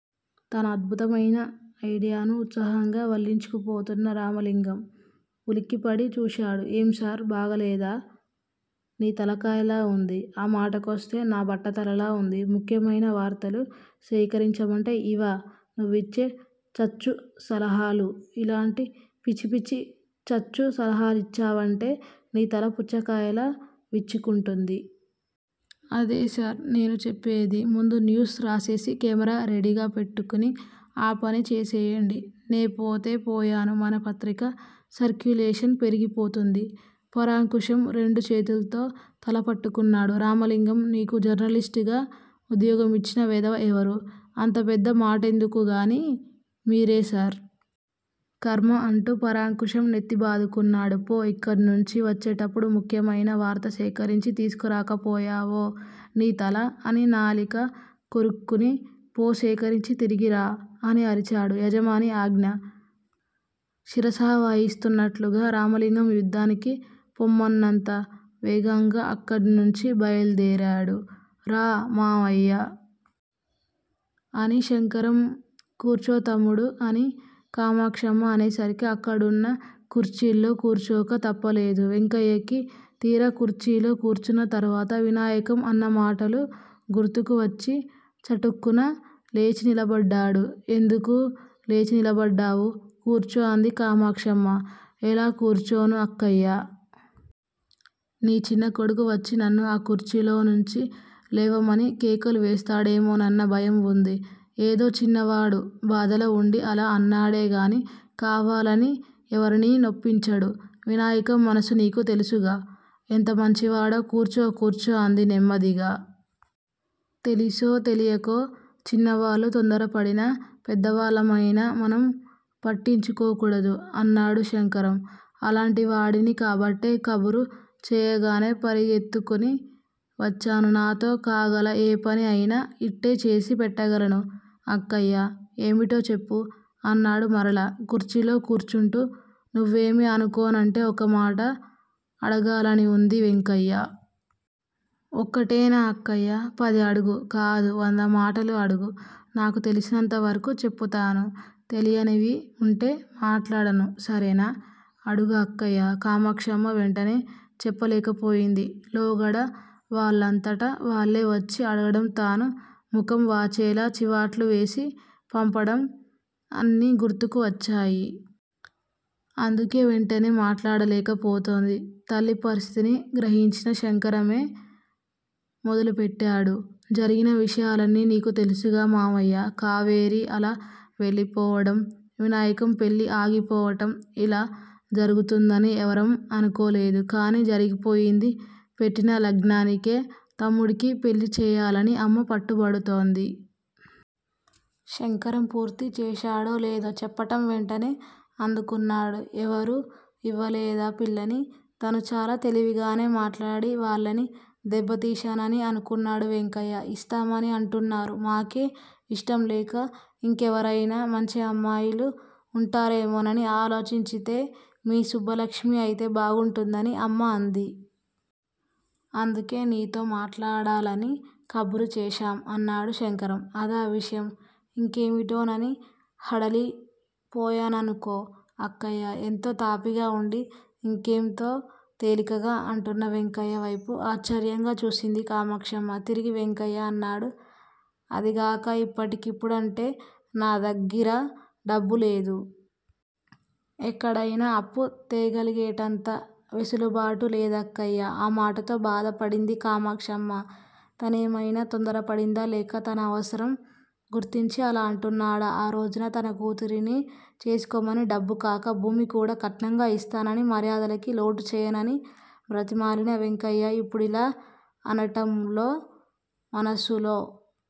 తన అద్భుతమైన ఐడియాను ఉత్సాహంగా వల్లించుకుపోతున్న రామలింగం ఉలిక్కిపడి చూశాడు. ఏం సార్! బాగలేదా? నీ తలకాయలా వుంది. ఆ మాటకొస్తే నా బట్టతలలా వుంది. ముఖ్యమైన వార్తలు సేకరించమంటే యివా నువ్విచ్చే చచ్చు సలహాలు? ఇలాoటి పిచ్చిపిచ్చి చచ్చు సలహాలిచ్చావంటే, నీ తల పుచ్చకాయలా విచ్చుకుంటుంది. అదే సార్! నేను చెప్పేది. ముందు న్యూస్ రాసేసి, కెమేరా రెడీగా పెట్టుకుని ఆ పని చేసెయ్యండి. నేపోతే పోయాను. మన పత్రిక సర్క్యులేషన్ పెరిగిపోతుంది. పరాంకుశం రెండుచేతుల్తో తలపట్టుకున్నాడు. రామలింగం, నీకు జర్నలిస్ట్ గా ఉద్యోగమిచ్చిన వెధవ ఎవరు? అంత పెద్దమాటెందుకుగానీ మీరే సార్. ఖర్మ అంటూ పరాంకుశం నెత్తిబాదుకున్నాడు. పో, యిక్కడ్నుంచి వచ్చేటప్పుడు ముఖ్యమైన వార్త సేకరించి తీసుకురాకపోయావో నీ తల అని నాలిక కొరుక్కుని పో సేకరించి తిరిగి రా అని అరిచాడు. యజమాని ఆజ్ఞ శిరసావయిస్తున్నట్లుగా రామలింగం యుద్దానికి పొమ్మన్నంత వేగంగా అక్కడ్నుంచి బయల్దేరాడు. రా మామయ్యా! అని శంకరం! కూర్చో తమ్ముడూ! అని కామాక్షమ్మ అనే సరికి అక్కడున్న కుర్చీలో కూర్చోక తప్పలేదు వెంకయ్యకి! తీరా కుర్చీలో కూర్చున్న తరువాత వినాయకం అన్న మాటలు గుర్తుకు వచ్చి చటుక్కున లేచి నిలబడ్డాడు. ఎందుకూ లేచి నిలబడ్డావూ? కూర్చో! అంది కామాక్షమ్మ. ఎలా కూర్చోను అక్కయ్య! నీ చిన్న కొడుకు వచ్చి నన్ను ఆ కుర్చీలో నుంచి లేవమని కేకలు వేస్తాడేమోనన్న భయం వుంది! ఏదో చిన్నవాడు! బాధలో వుండి అలా అన్నాడే గాని, కావాలని ఎవరినీ నొప్పించడు. వినాయకం మనసు నీకూ తెలుసుగా? ఎంత మంచివాడో? కూర్చో! కూర్చో! అంది నెమ్మదిగా. తెలిసో తెలియకో చిన్నవాళ్ళు తొందరపడినా పెద్దవాళ్ళమయిన మనం పట్టించుకోకూడదు! అన్నాడు శంకరం. అలాంటి వాడిని కాబట్టే కబురు చేయగానే పరిగెత్తుకుని వచ్చాను. నాతో కాగల ఏ పని అయినా యిట్టే చేసి పెట్టగలను అక్కయ్యా! ఏమిటో చెప్పు? అన్నాడు మరలా కుర్చీలో కూర్చుంటూ! నువ్వేమీ అనుకోనంటే ఒకమాట అడగాలని వుంది వెంకయ్య? ఒక్కటేనా అక్కయ్యా? పది అడుగు! కాదు, వంద మాటలు అడుగు! నాకు తెలిసినంత వరకూ చెప్పుతాను తెలియనివి వుంటే మాట్లాడను. సరేనా? అడుగు అక్కయ్య! కామాక్షమ్మ వెంటనే చెప్పలేకపోయింది. లోగడ వాళ్ళంతట వాళ్ళే వచ్చి అడగటం, తాను ముఖం వాచేలా చివాట్లు వేసి పంపటం అన్నీ గుర్తుకు వచ్చాయి. అందుకే వెంటనే మాట్లాడలేక పోతోంది. తల్లి పరిస్థితిని గ్రహించిన శంకరమే మొదలుపెట్టాడు. జరిగినా విషయాలన్నీ నీకూ తెలుసుగా మామయ్యా? కావేరి అలా వెళ్ళిపోవటం, వినాయకం పెళ్ళి ఆగిపోవటం! యిలా జరుగుతుందని ఎవరం అనుకోలేదు. కాని జరిగిపోయింది. పెట్టిన లగ్నానికే తమ్ముడికి పెళ్ళి చేయాలని అమ్మ పట్టుపడుతోంది! శంకరం పూర్తి చేశాడో లేదో చెప్పటం వెంటనే అందుకున్నాడు. ఎవరూ యివ్వలేదా పిల్లని? తను చాలా తెలివిగానే మాట్లాడి వాళ్ళని దెబ్బ తీశానని అనుకున్నాడు వెంకయ్య! ఇస్తామని అంటున్నారు! మాకే యిష్టం లేక యింకెవరయినా మంచి అమ్మాయిలు వుంటారేమోనని ఆలోచించితే మీ సుబ్బలక్ష్మి అయితే బాగుంటుందని అమ్మ అంది! అందుకే నీతో మాట్లాడాలని కబురు చేశాం! అన్నాడు శంకరం! అదా విషయం? యింకేమిటోనని హడలి పోయాననుకో అక్కయ్య? ఎంతో తాపీగా వుండి యింకెంతో తేలికగా అంటున్న వెంకయ్య వైపు ఆశ్చర్యంగా చూసింది కామాక్షమ్మ. తిరిగి వెంకయ్యే అన్నాడు- అదీగాక యిప్పటికిప్పుడంటే నా దగ్గిర డబ్బు లేదు. ఎక్కడయినా అప్పు తేగలిగేటంత వెసులుబాటూ లేదక్కయ్య! ఆ మాటతో బాధ పడింది కామాక్షమ్మ. తనేమయినా తొందరపడిందా? లేక తన అవసరం గుర్తించి అలా అంటున్నాడా? ఆ రోజున తన కూతురిని చేసుకోమని డబ్బుకాక భూమి కూడా కట్నంగా యిస్తానని, మర్యాదలకి లోటు చేయనని బ్రతిమాలిన వెంకయ్య ఇప్పుడిలా అనటంలో మనసులో